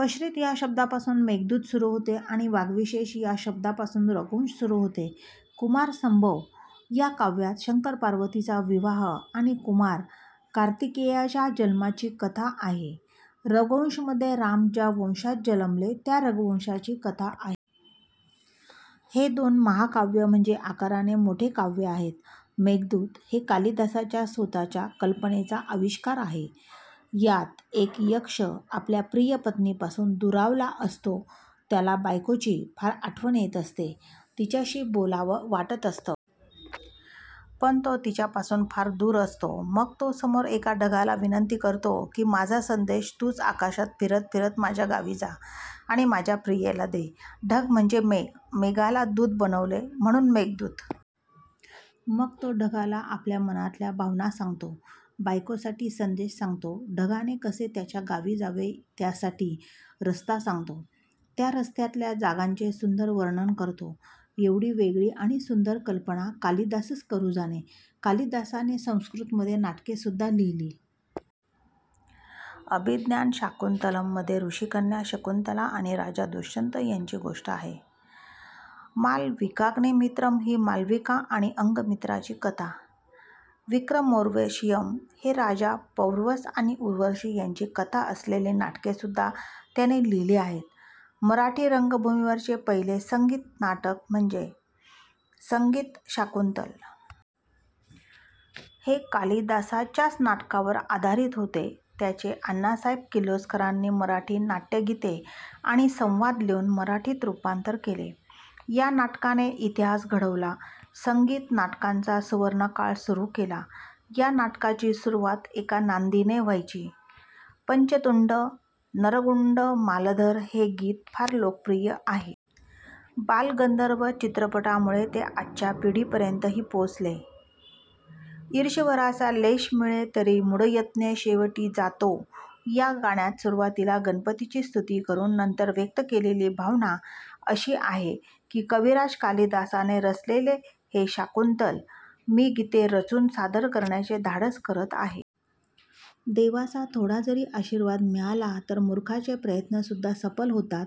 कश्चीत या शब्दापासुन मेघदूत सुरु होते आणि वाग्विशेष या शब्दापासुन रघुवंश सुरु होते. कुमारसंभव या काव्यात शंकर पार्वतीचा विवाह आणि कुमार कार्तिकेयाच्या जन्माची कथा आहे. रघुवंश मध्ये राम ज्या वंशात जन्मले त्या रघुवंशाची कथा आहे. हे दोन महाकाव्य म्हणजे आकाराने मोठे काव्य आहेत. मेघदूत हे कालिदासाच्या स्वतःच्या कल्पनेचा अविष्कार आहे. यात एक यक्ष आपल्या प्रिय पत्नीपासुन दुरावला असतो. त्याला बायकोची फार आठवण येत असते. तिच्याशी बोलावं वाटत असतं. पण तो तिच्यापासुन फार दूर असतो. मग तो समोर एका ढगाला विनंती करतो कि माझा संदेश तुच आकाशात फिरत फिरत माझ्या गावी जा आणि माझ्या प्रियेला दे. ढग म्हणजे मेघ. मेघाला दुत बनवले म्हणुन मेघदूत. मग तो ढगाला आपल्या मनातल्या भावना सांगतो. बायकोसाठी संदेश सांगतो. ढगाने कसे त्याच्या गावी जावे त्यासाठी रस्ता सांगतो. त्या रस्त्यातल्या जागांचे सुंदर वर्णन करतो. एवढी वेगळी आणि सुंदर कल्पना कालिदासच करू जाणे. कालिदासाने संस्कृत मध्ये नाटके सुद्धा लिहिली. अभिज्ञान शाकुंतलम् मध्ये ऋषिकन्या शकुंतला आणि राजा दुष्यंत यांची गोष्ट आहे. मालविकाग्निमित्रम हि मालविका आणि अंगमित्राची कथा, विक्रमोर्वशियम हे राजा पौरवस आणि उर्वशी यांची कथा असलेली नाटकेसुद्धा त्याने लिहिली आहेत. मराठी रंगभूमीवरचे पहिले संगीत नाटक म्हणजे संगीत शाकुंतल. हे कालिदासाच्याच नाटकावर आधारित होते. त्याचे अण्णासाहेब किर्लोस्करांनी मराठी नाट्यगीते आणि संवाद लिहुन मराठीत रूपांतर केले. ह्या नाटकाने इतिहास घडवला, संगीत नाटकांचा सुवर्णकाळ सुरु केला. ह्या नाटकाची सुरुवात एका नांदीने व्हायची. पंचतुंड नरगुंडमालधर हे गीत फार लोकप्रिय आहे. बालगंधर्व चित्रपटामुळे ते आजच्या पिढीपर्यंतही पोहोचले. ईशवराचा लेश मिळे तरि मूढयत्न शेवटिं जातो. ह्या गाण्यात सुरुवातीला गणपतीची स्तुती करून नंतर व्यक्त केलेली भावना अशी आहे कि कविराज कालिदासाने रचलेले हे शाकुंतल मी गीते रचुन सादर करण्याचे धाडस करत आहे. देवाचा थोडाजरी आशीर्वाद मिळाला तर मूर्खाचे प्रयत्नसुद्धा सफल होतात.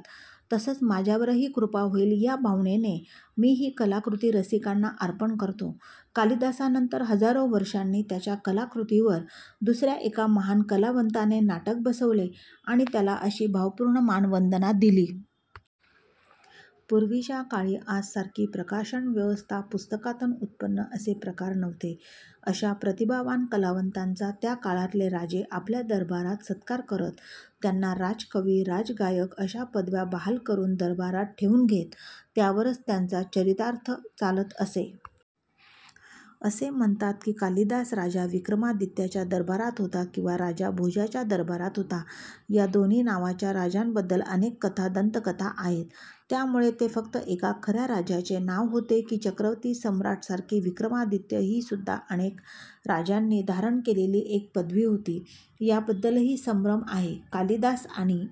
तसंच माझ्यावरही कृपा होईल या भावनेने मी हि कलाकृती रसिकांना अर्पण करतो. कालिदासानंतर हजारो वर्षांनी त्याच्या कलाकृतीवर दुसऱ्या एका महान कलावंताने नाटक बसवले आणि त्याला अशी भावपूर्ण मानवंदना दिली. पूर्वीच्या काळी आजसारखी प्रकाशन व्यवस्था, पुस्तकांतुन उत्पन्न असे प्रकार नव्हते. अशा प्रतिभावान कलावंतांचा त्याकाळातले राजे आपल्या दरबारात सत्कार करत, त्यांना राजकवी, राजगायक अशा पदव्या बहाल करून दरबारात ठेवुन घेत. त्यावरच त्यांचा चरितार्थ चालत असे. असे म्हणतात कि कालिदास राजा विक्रमादित्याच्या दरबारात होता. किंवा राजा भोजाच्या दरबारात होता. ह्या दोन्ही नावाच्या राजांबद्दल अनेक कथा दंतकथा आहेत त्यामुळे ते फक्त एका खऱ्या राजाचे नाव होते कि चक्रवर्ती सम्राट सारखी विक्रमादित्य हीसुद्धा अनेक राजांनी धारण केलेली एक पदवी होती याबद्दलही संभ्रम आहे. कालिदास आणि